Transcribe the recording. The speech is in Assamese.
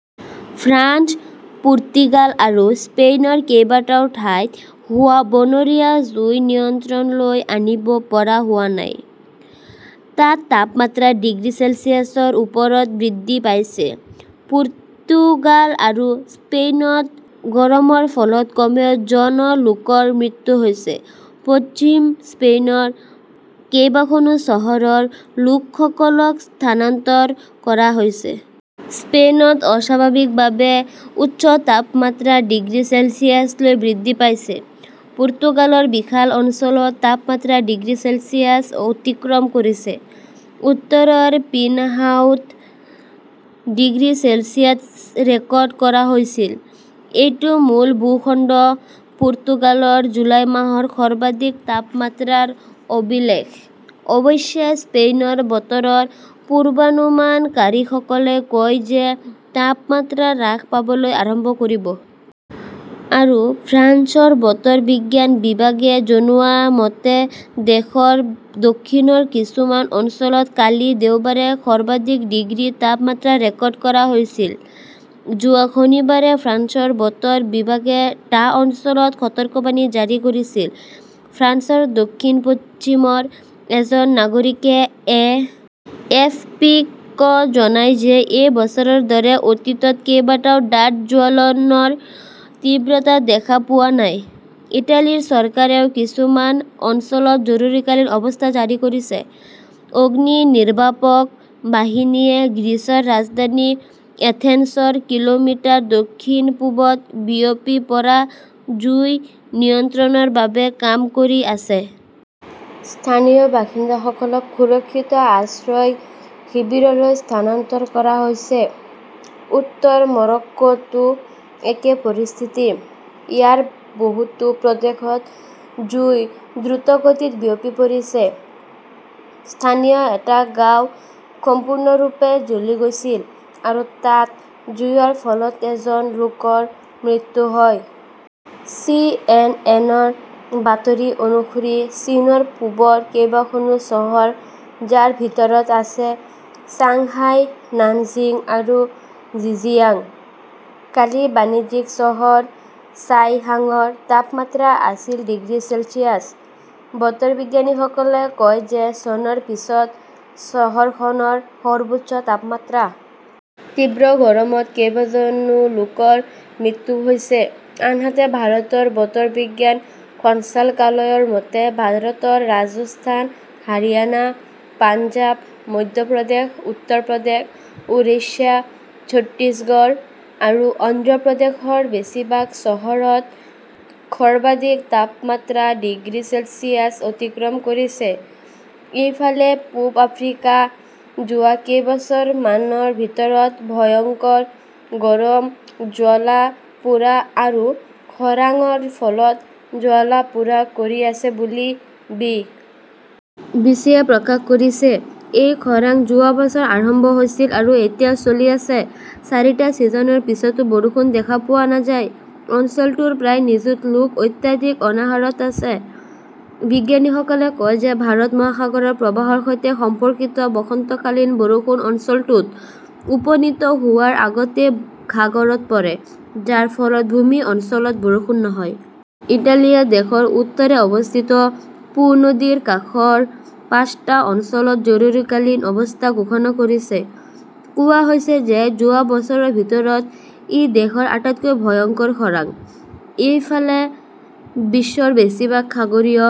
ফ্ৰান্স, পৰ্তুগাল আৰু স্পেইনৰ কেইবাটাও ঠাইত হোৱা বনৰীয়া জুই নিয়ন্ত্ৰণলৈ আনিব পৰা হোৱা নাই। তাত তাপমাত্ৰা ডিগ্ৰী চেলছিয়াছৰ ওপৰলৈ বৃদ্ধি পাইছে। পোৰ্টুগাল আৰু স্পেনত গৰমৰ ফলত কমেও জন লোকৰ মৃত্যু হৈছে। পশ্চিম স্পেইনৰ কেইবাখনো চহৰৰ লোকসকলক স্থানান্তৰ কৰা হৈছে। স্পেইনত অস্বাভাৱিকভাৱে উচ্চ তাপমাত্ৰা ডিগ্ৰী চেলছিয়াছলৈ বৃদ্ধি পাইছে। পৰ্তুগালৰ বিশাল অঞ্চলত তাপমাত্ৰা ডিগ্ৰী চেলছিয়াছ অতিক্ৰম কৰিছে। উত্তৰৰ পিনহাওত ডিগ্ৰী চেলছিয়াছ ৰেকৰ্ড কৰা হৈছিল। এইটো মূল ভূখণ্ড পৰ্তুগালৰ জুলাই মাহৰ সৰ্বাধিক তাপমাত্ৰাৰ অভিলেখ। অৱশ্যে, স্পেইনৰ বতৰৰ পূৰ্বানুমানকাৰীসকলে কয় যে তাপমাত্ৰা হ্ৰাস পাবলৈ আৰম্ভ কৰিব। আৰু ফ্ৰান্সৰ বতৰ বিজ্ঞান বিভাগে জনোৱা মতে, দেশৰ দক্ষিণৰ কিছুমান অঞ্চলত কালি দেওবাৰে সৰ্বাধিক ডিগ্ৰী তাপমাত্ৰা ৰেকৰ্ড কৰা হৈছিল। যোৱা শনিবাৰে ফ্ৰান্সৰ বতৰ বিভাগে টা অঞ্চলত সতৰ্কবাণী জাৰি কৰিছিল। ফ্ৰান্সৰ দক্ষিণ-পশ্চিমৰ এজন নাগৰিকে এ. এফ. পি. -ক জনায় যে এই বছৰৰ দৰে অতীতত কেতিয়াও ডাঠ জ্বলনৰ তীব্ৰতা দেখা পোৱা নাই। ইটালীৰ চৰকাৰেও কিছুমান অঞ্চলত জৰুৰীকালীন অৱস্থা জাৰি কৰিছে। অগ্নিনিৰ্বাপক বাহিনীয়ে গ্ৰীচৰ ৰাজধানী এথেন্সৰ কিলোমিটাৰ দক্ষিণ-পূবত বিয়পি পৰা জুই নিয়ন্ত্ৰণৰ বাবে কাম কৰি আছে। স্থানীয় বাসিন্দাসকলক সুৰক্ষিত আশ্ৰয় শিবিৰলৈ স্থানান্তৰ কৰা হৈছে। উত্তৰ মৰক্কোতো একেই পৰিস্থিতি। ইয়াৰ বহুতো প্ৰদেশত জুই দ্ৰুতগতিত বিয়পি পৰিছে। স্থানীয় এটা গাঁৱ সম্পূৰ্ণৰূপে জ্বলি গৈছিল। আৰু তাত জুইৰ ফলত এজন লোকৰ মৃত্যু হয়। চি. এন. এন. -ৰ বাতৰি অনুসৰি, চীনৰ পূবৰ কেইবাখনো চহৰ, যাৰ ভিতৰত আছে চাংহাই, নানজিং আৰু জিজিয়াং। কালি বাণিজ্যিক চহৰ চাংহাইৰ তাপমাত্ৰা আছিল ডিগ্ৰী চেলছিয়াছ। বতৰ বিজ্ঞানীসকলে কয় যে চনৰ পিছত চহৰখনৰ সৰ্বোচ্চ তাপমাত্ৰা। তীব্ৰ গৰমত কেইবাজনো লোকৰ মৃত্যুও হৈছে। আনহাতে ভাৰতৰ বতৰ বিজ্ঞান সঞ্চালকালয়ৰ মতে, ভাৰতৰ ৰাজস্থান, হাৰিয়ানা, পঞ্জাৱ, মধ্যপ্ৰদেশ, উত্তৰ প্ৰদেশ, উৰিষ্যা, ছত্তীশগড় আৰু অন্ধ্ৰ প্ৰদেশৰ বেছিভাগ চহৰত সৰ্বাধিক তাপমাত্ৰা ডিগ্ৰী চেলছিয়াছ অতিক্ৰম কৰিছে। ইফালে, পূব আফ্ৰিকা যোৱা কেইবছৰমানৰ ভিতৰত ভয়ংকৰ গৰম জ্বলা-পোৰা আৰু খৰাংৰ ফলত জ্বলা-পোৰা কৰি আছে বুলি বি. বি. চি. -য়ে প্ৰকাশ কৰিছে। এই খৰাং যোৱা বছৰ আৰম্ভ হৈছিল আৰু এতিয়াও চলি আছে। চাৰিটা ছিজনৰ পিছতো বৰষুণ দেখা পোৱা নাযায়। অঞ্চলটোৰ প্ৰায় নিযুত লোক অত্যাধিক অনাহাৰত আছে। বিজ্ঞানীসকলে কয় যে ভাৰত মহাসাগৰৰ প্ৰবাহৰ সৈতে সম্পৰ্কিত বসন্তকালীন বৰষুণ অঞ্চলটোত উপনীত হোৱাৰ আগতেই সাগৰত পৰে, যাৰ ফলত ভূমি অঞ্চলত বৰষুণ নহয়। ইটালীয়ে দেশৰ উত্তৰে অৱস্থিত 'পো "নদীৰ কাষৰ পাঁচটা অঞ্চলত জৰুৰীকালীন অৱস্থা ঘোষণা কৰিছে। কোৱা হৈছে যে যোৱা বছৰৰ ভিতৰত ই দেশৰ আটাইতকৈ ভয়ংকৰ খৰাং। ইফালে, বিশ্বৰ বেছিভাগ সাগৰীয়